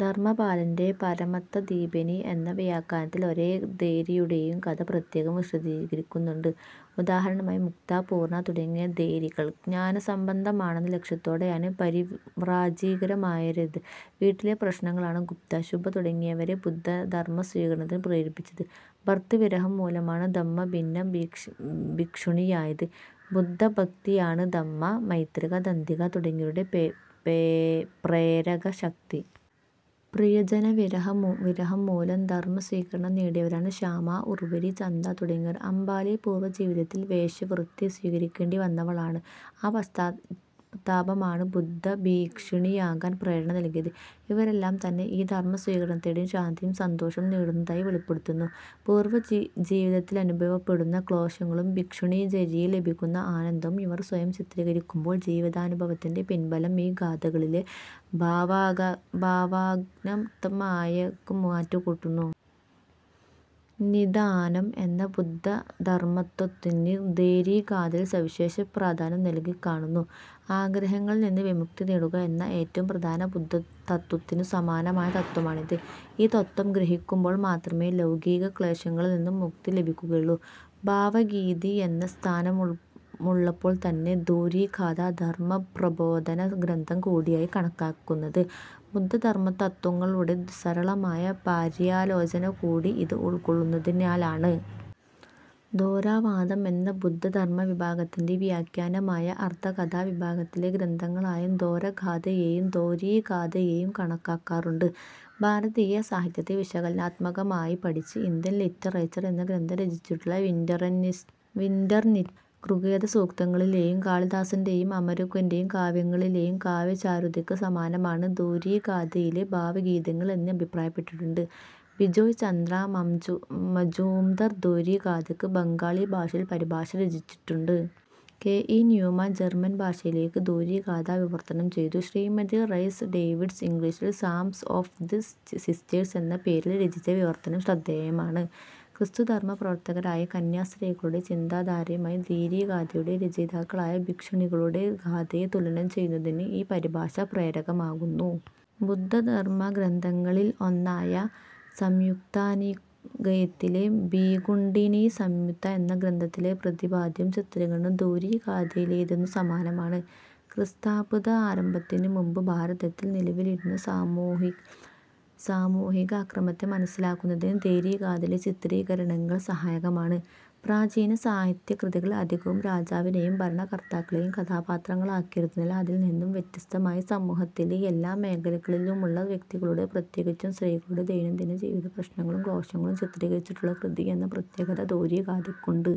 ധർമപാലന്റെ പരമത്ഥദീപനി എന്ന വ്യാഖ്യാനത്തിൽ ഓരോ ഥേരിയുടെയും കഥ പ്രത്യേകം വിശദീകരിക്കുന്നുണ്ട്. ഉദാഹരണമായി മുക്ത, പൂർണ തുടങ്ങിയ ഥേരികൾ ജ്ഞാനസമ്പാദനമെന്ന ലക്ഷ്യത്തോടെയാണ് പരിവ്രാജികമാരായത്. വീട്ടിലെ പ്രശ്നങ്ങളാണ് ഗുപ്ത, ശുഭ തുടങ്ങിയവരെ ബുദ്ധധർമ സ്വീകരണത്തിനു പ്രേരിപ്പിച്ചത്. ഭർതൃവിരഹം മൂലമാണ് ധമ്മഭിന്ന ഭിക്ഷുണിയായത്. ബുദ്ധഭക്തിയാണ് ധമ്മ, മൈത്രക, ദന്തിക തുടങ്ങിയവരുടെ പ്രേരകശക്തി. പ്രിയജനവിരഹംമൂലം ധർമസ്വീകരണം നേടിയവരാണ് ശ്യാമ, ഉർവരി, ചന്ദ തുടങ്ങിയവർ. അംബാലി പൂർവജീവിതത്തിൽ വേശ്യാവൃത്തി സ്വീകരിക്കേണ്ടിവന്നവളാണ്. ആ പശ്ചാത്താപമാണ് ബുദ്ധഭിക്ഷുണിയാകാൻ പ്രേരണ നല്കിയത്. ഇവരെല്ലാംതന്നെ ഈ ധർമസ്വീകരണത്തോടെ ശാന്തിയും സന്തോഷവും നേടുന്നതായി വെളിപ്പെടുത്തുന്നു. പൂർവജീവിതത്തിലനുഭവപ്പെടുന്ന ക്ലേശങ്ങളും ഭിക്ഷുണീചര്യയിൽ ലഭിക്കുന്ന ആനന്ദവും ഇവർ സ്വയം ചിത്രീകരിക്കുമ്പോൾ ജീവിതാനുഭവത്തിന്റെ പിൻബലം ഈ ഗാഥകളിലെ ഭാവഗാനാത്മകതയ്ക്കു മാറ്റുകൂട്ടുന്നു. 'നിദാനം' എന്ന ബുദ്ധധർമതത്ത്വത്തിന് ഥേരീഗാഥയിൽ സവിശേഷ പ്രാധാന്യം നല്കിക്കാണുന്നു. ആഗ്രഹങ്ങളിൽനിന്ന് വിമുക്തി നേടുക എന്ന ഏറ്റവും പ്രധാന ബുദ്ധതത്ത്വത്തിനു സമാനമായ തത്ത്വമാണിത്. ഈ തത്ത്വം ഗ്രഹിക്കുമ്പോൾ മാത്രമേ ലൗകിക ക്ലേശങ്ങളിൽനിന്ന് മുക്തി ലഭിക്കുകയുള്ളൂ. ഭാവഗീതി എന്ന സ്ഥാനമുള്ളപ്പോൾത്തന്നെ ഥേരീഗാഥ ധർമപ്രബോധന ഗ്രന്ഥം കൂടിയായി കണക്കാക്കുന്നത് ബുദ്ധധർമതത്ത്വങ്ങളുടെ സരളമായ പര്യാലോചനകൂടി ഇത് ഉൾ ക്കൊള്ളുന്നതിനാലാണ്. ഥേരവാദം എന്ന ബുദ്ധധർമ വിഭാഗത്തിന്റെ വ്യാഖ്യാനമായ അർഥകഥാ വിഭാഗത്തിലെ ഗ്രന്ഥങ്ങളായും ഥേരഗാഥയേയും ഥേരീഗാഥയേയും കണക്കാക്കാറുണ്ട്. ഭാരതീയ സാഹിത്യത്തെ വിശകലനാത്മകമായി പഠിച്ച് ഇന്ത്യൻ ലിറ്ററേച്ചർ എന്ന ഗ്രന്ഥം രചിച്ചിട്ടുള്ള വിന്റർനിറ്റ്സ് ഋഗ്വേദസൂക്തങ്ങളിലെയും കാളിദാസന്റെയും അമരുകന്റെയും കാവ്യങ്ങളിലെയും കാവ്യചാരുതയ്ക്കു സമാനമാണ് ഥേരീഗാഥയിലെ ഭാവഗീതങ്ങൾ എന്ന് അഭിപ്രായപ്പെട്ടിട്ടുണ്ട്. ബിജോയ് ചന്ദ്ര മജൂംദാർ ഥേരീഗാഥയ്ക്ക് ബംഗാളിഭാഷയിൽ പരിഭാഷ രചിച്ചിട്ടുണ്ട്. കെ. ഇ. ന്യൂമാൻ ജർമൻഭാഷയിലേക്ക് ഥേരീഗാഥ വിവർത്തനം ചെയ്തു. ശ്രീമതി റൈസ് ഡേവിഡ്സ് ഇംഗ്ലീഷിൽ സാംസ് ഒഫ് ദ് സിസ്റ്റേഴ്സ് എന്ന പേരിൽ രചിച്ച വിവർത്തനം ശ്രദ്ധേയമാണ്. ക്രിസ്തുധർമ പ്രവർത്തകരായ കന്യാസ്ത്രീകളുടെ ചിന്താധാരയുമായി ഥേരീഗാഥയുടെ രചയിതാക്കളായ ഭിക്ഷുണികളുടെ ഗാഥയെ തുലനം ചെയ്യുന്നതിന് ഈ പരിഭാഷ പ്രേരകമാകുന്നു. ബുദ്ധധർമഗ്രന്ഥങ്ങളിലൊന്നായ സംയുത്തനികായത്തിലെ ഭിക്ഖുനീസംയുത്ത എന്ന ഗ്രന്ഥത്തിലെ പ്രതിപാദ്യവും ചിത്രീകരണവും ഥേരീഗാഥയിലേതിനു സമാനമാണ്. ക്രിസ്ത്വബ്ദാരംഭത്തിനുമുമ്പ് ഭാരതത്തിൽ നിലവിലിരുന്ന സാമൂഹികക്രമത്തെ മനസ്സിലാക്കുന്നതിന് ഥേരീഗാഥയിലെ ചിത്രീകരണങ്ങൾ സഹായകമാണ്. പ്രാചീന സാഹിത്യകൃതികൾ അധികവും രാജാവിനെയും ഭരണകർത്താക്കളെയും കഥാപാത്രങ്ങളാക്കിയിരുന്നതിനാൽ അതിൽനിന്നു വ്യത്യസ്തമായി സമൂഹത്തിലെ എല്ലാ മേഖലകളിലുമുള്ള വ്യക്തികളുടെ-പ്രത്യേകിച്ചും സ്ത്രീകളുടെ-ദൈനംദിന ജീവിതപ്രശ്നങ്ങളും ക്ലേശങ്ങളും ചിത്രീകരിച്ചിട്ടുള്ള കൃതി എന്ന പ്രത്യേകത ഥേരീഗാഥയ്ക്കുണ്ട്.